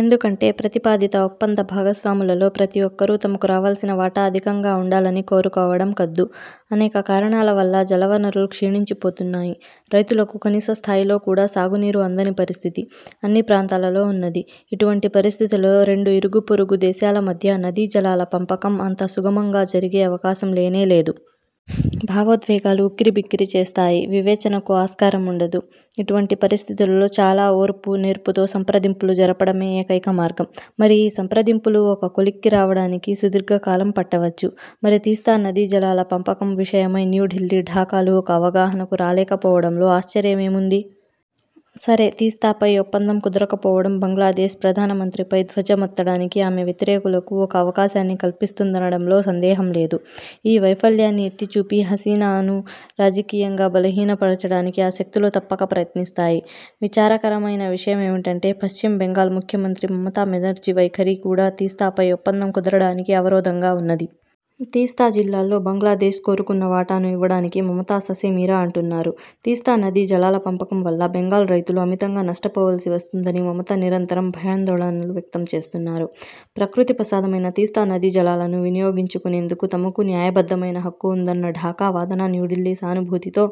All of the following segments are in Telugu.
ఎందుకంటే ప్రతిపాదిత ఒప్పంద భాగస్వాములలో ప్రతి ఒక్కరూ తమకు రావాల్సిన వాటా అధికంగా ఉండాలని కోరుకోవడం కద్దు. అనేక కారణాల వల్ల జలవనరులు క్షీణించిపోతున్నాయి. రైతులకు కనీసస్థాయిలో కూడా సాగునీరు అందని పరిస్థితి అన్నిప్రాంతాలలో ఉన్నది. ఇటువంటి పరిస్థితులలో రెండు ఇరుగుపొరుగు దేశాల మధ్య నదీజలాల పంపకం అంత సుగమంగా జరిగే అవకాశం లేనే లేదు. భావోద్వేగాలు ఉక్కిరిబిక్కిరి చేస్తాయి. వివేచనకు ఆస్కారముండదు. ఇటువంటి పరిస్థితులలో చాలా ఓర్పు, నేర్పుతో సంప్రదింపులు జరపడమే ఏకైక మార్గం. మరి ఈ సంప్రదింపులు ఒక కొలిక్కి రావడానికి సుదీర్ఘ కాలం పట్టవచ్చు. మరి తీస్తా నదీజలాల పంపకం విషయమై న్యూఢిల్లీ – ఢాకాలు ఒక అవగాహనకు రాలేకపోవడంలో ఆశ్చర్యమేముంది? సరే, తీస్తాపై ఒప్పందం కుదరకపోవడం బంగ్లాదేశ్ ప్రధానమంత్రిపై ధ్వజమెత్తడానికి ఆమె వ్యతిరేకులకు ఒక అవకాశాన్ని కల్పిస్తుందనడంలో సందేహం లేదు. ఈ వైఫల్యాన్ని ఎత్తిచూపి హసీనాను రాజకీయంగా బలహీనపరచడానికి ఆ శక్తులు తప్పక ప్రయత్నిస్తాయి. విచారకరమైన విషయమేమిటంటే పశ్చిమ బెంగాల్ ముఖ్యమంత్రి మమతా బెనర్జీ వైఖరి కూడా తీస్తాపై ఒప్పందం కుదరడానికి అవరోధంగా వున్నది. తీస్తా జలాల్లో బంగ్లాదేశ్ కోరుతున్న వాటాను ఇవ్వడానికి మమత ససేమిరా అంటున్నారు. తీస్తా నదీ జలాల పంపకం వల్ల బెంగాల్ రైతులు అమితంగా నష్టపోవలసివస్తుందని మమత నిరంతరం భయాందోళనలు వ్యక్తంచేస్తున్నారు. ప్రకృతి ప్రసాదమైన తీస్తా నదీజలాలను వినియోగించుకొనేందుకు తమకూ న్యాయబద్ధమైన హక్కువుందన్న ఢాకా వాదనను న్యూఢిల్లీ సానుభూతితో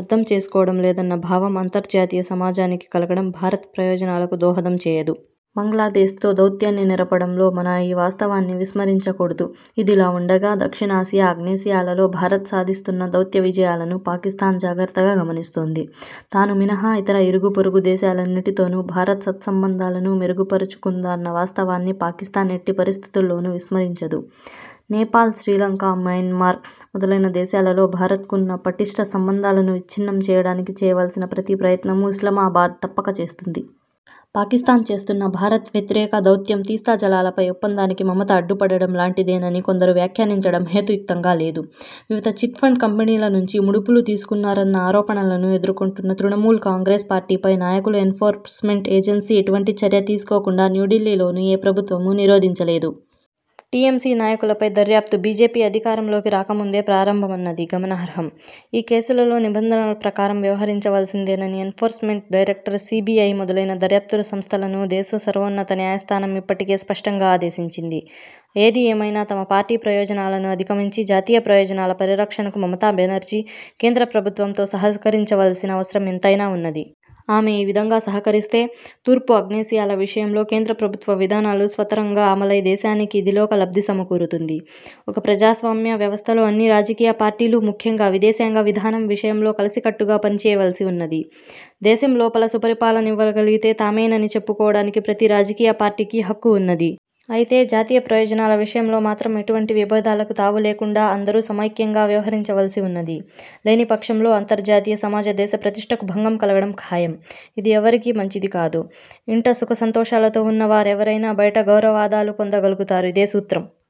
అర్థం చేసుకోవడం లేదన్న భావం అంతర్జాతీయ సమాజానికి కలగడం భారత్ ప్రయోజనాలకు దోహదం చేయదు. బంగ్లాదేశ్తో దౌత్యాన్ని నెరపడంలో మనం ఈ వాస్తవాన్ని విస్మరించకూడదు. ఇదిలావుండగా దక్షిణాసియా, ఆగ్నేయాసియాలలో భారత్ సాధిస్తున్న దౌత్య విజయాలను పాకిస్థాన్ జాగ్రత్తగా గమనిస్తోంది. తాను మినహా, ఇతర ఇరుగుపొరుగు దేశాలన్నిటితోను భారత్ సత్సంబంధాలను మెరుగుపరచుకుందన్న వాస్తవాన్ని పాకిస్థాన్ ఎట్టి పరిస్థితులలోను విస్మరించదు. నేపాల్, శ్రీలంక, మియన్మార్ మొదలైన దేశాలతో భారత్కు వున్న పటిష్ఠ సంబంధాలను విచ్ఛిన్నం చేయడానికి చేయవలసిన ప్రతి ప్రయత్నమూ ఇస్లామాబాద్ తప్పకచేస్తుంది. పాకిస్థాన్ చేస్తున్న భారత్ వ్యతిరేక దౌత్యం, తీస్తాజలాలపై ఒప్పందానికి మమత అడ్డుపడడం లాంటిదేనని కొందరు వ్యాఖ్యానించడం హేతుయుక్తంగా లేదు. వివిధ చిట్ఫండ్ కంపెనీల నుంచి ముడుపులు తీసుకున్నారన్న ఆరోపణలను ఎదుర్కొంటున్న తృణమూల్ కాంగ్రెస్ పార్టీపై, నాయకులపై ఎన్ఫోర్స్మెంట్ ఏజెన్సీలు ఎటువంటి చర్య తీసుకోకుండా న్యూఢిల్లీలోని ఏ ప్రభుత్వమూ నిరోధించలేదు. టీఎంసీ నాయకులపై దర్యాప్తు బీజేపీ అధికారంలోకి రాకముందే ప్రారంభమయిందన్నది గమనార్హం. ఈ కేసులలో నిబంధనల ప్రకారం వ్యవహరించవలసిందేనని ఎన్ఫోర్స్మెంట్ డైరెక్టరేట్, సీబీఐ మొదలైన దర్యాప్తు సంస్థలను దేశసర్వోన్నత న్యాయస్థానం ఇప్పటికే స్పష్టంగా ఆదేశించింది. ఏదిఏమైనా తమ పార్టీ ప్రయోజనాలను అధిగమించి జాతీయ ప్రయోజనాల పరిరక్షణకు మమతాబెనర్జీ కేంద్ర ప్రభుత్వంతో సహకరించవలసిన అవసరం ఎంతైనా వున్నది. ఆమె ఈ విధంగా సహకరిస్తే తూర్పు, ఆగ్నేయాసియాల విషయంలో కేంద్రప్రభుత్వ విధానాలు సత్వరంగా అమలై దేశానికి ఇతోధిక లబ్ధి సమకూరుతుంది. ఒక ప్రజాస్వామ్య వ్యవస్థలో అన్ని రాజకీయపార్టీలూ ముఖ్యంగా విదేశాంగ విధానం విషయంలో కలసికట్టుగా పనిచేయవలసి వున్నది. దేశం లోపల సుపరిపాలననివ్వగలిగేది తామేనని చెప్పుకోవడానికి ప్రతి రాజకీయ పార్టీకి హక్కు వున్నది. అయితే జాతీయ ప్రయోజనాల విషయంలో మాత్రం ఎటువంటి విభేదాలకు తావు లేకుండా అందరూ సమైక్యంగా వ్యవహరించవలసి వున్నది. లేనిపక్షంలో అంతర్జాతీయ సమాజంలో దేశ ప్రతిష్ఠకు భంగం కలగడం ఖాయం. ఇది ఎవ్వరికీ మంచిది కాదు. ఇంట సుఖ సంతోషాలతో వున్న వారెవరైనా బయట గౌరవాదరాలు పొందగలుగుతారు. ఇదే సూత్రం